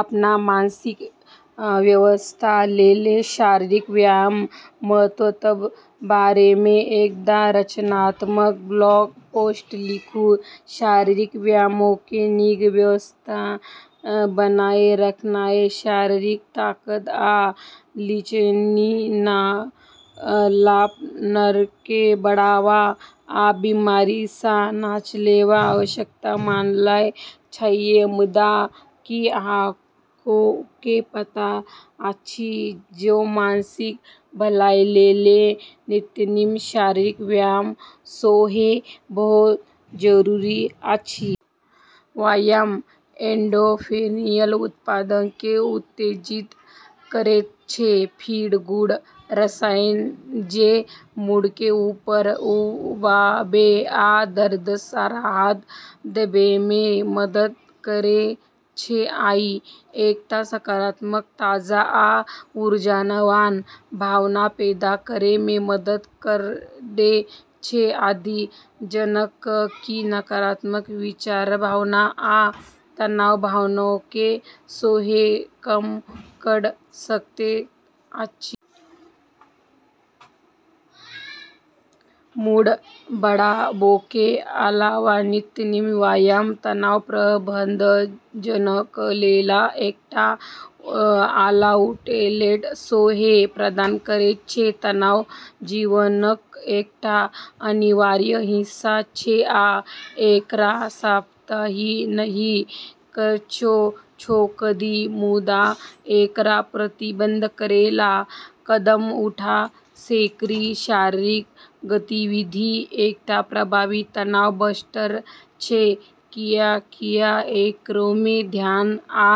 अपन मानसिक स्वास्थ्यलेल शारीरिक व्यायामक महत्वक बारेमे एकटा रचनात्मक ब्लॉग पोस्ट लिखू। शारीरिक व्यायामकेँ नीक स्वास्थ्य बनाए रखनाइ, शरीरक ताकत आ लचीलापनकेँ बढ़ावा, आ बीमारीसँ बचावलेल आवश्यक मानल जाइछ। मुदा, की अहाँकेँ पता अछि जे मानसिक भलाईलेल नियमित शारीरिक व्यायाम सेहो बहुत जरूरी अछि? व्यायाम एंडोर्फिनक उत्पादनकेँ उत्तेजित करैत छै-'फील-गुड' रसायन जे मूडकेँ ऊपर उठाबै आ दर्दसँ राहत देबैमे मदद करैत छै। ई एकटा सकारात्मक, ताजा आ ऊर्जावान भावना पैदा करैमे मदद कऽ सकैत अछि, जखन कि नकारात्मक विचार, भावना आ तनावक भावनाकेँ सेहो कम कऽ सकैत अछि। मूड बढ़ाबैकेँ अलावा नियमित व्यायाम तनावक प्रबंधनलेल एकटा आउटलेट सेहो प्रदान करैत छै। तनाव जीवनक एकटा अनिवार्य हिस्सा छै, आ एकरा समाप्त नहि कऽ सकैछी, मुदा एकरा प्रबंधित करैलेल कदम उठा सकैछी। शारीरिक गतिविधि एकटा प्रभावी तनाव बस्टर छै, कियाकि एकरामे ध्यान आ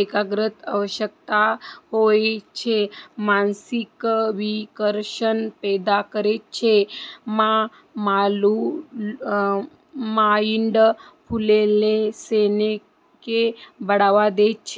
एकाग्रताक आवश्यकता होइत छै, जे मानसिक विकर्षण पैदा करैत छै आ माइंडफुलनेसकेँ बढ़ावा दैत छै।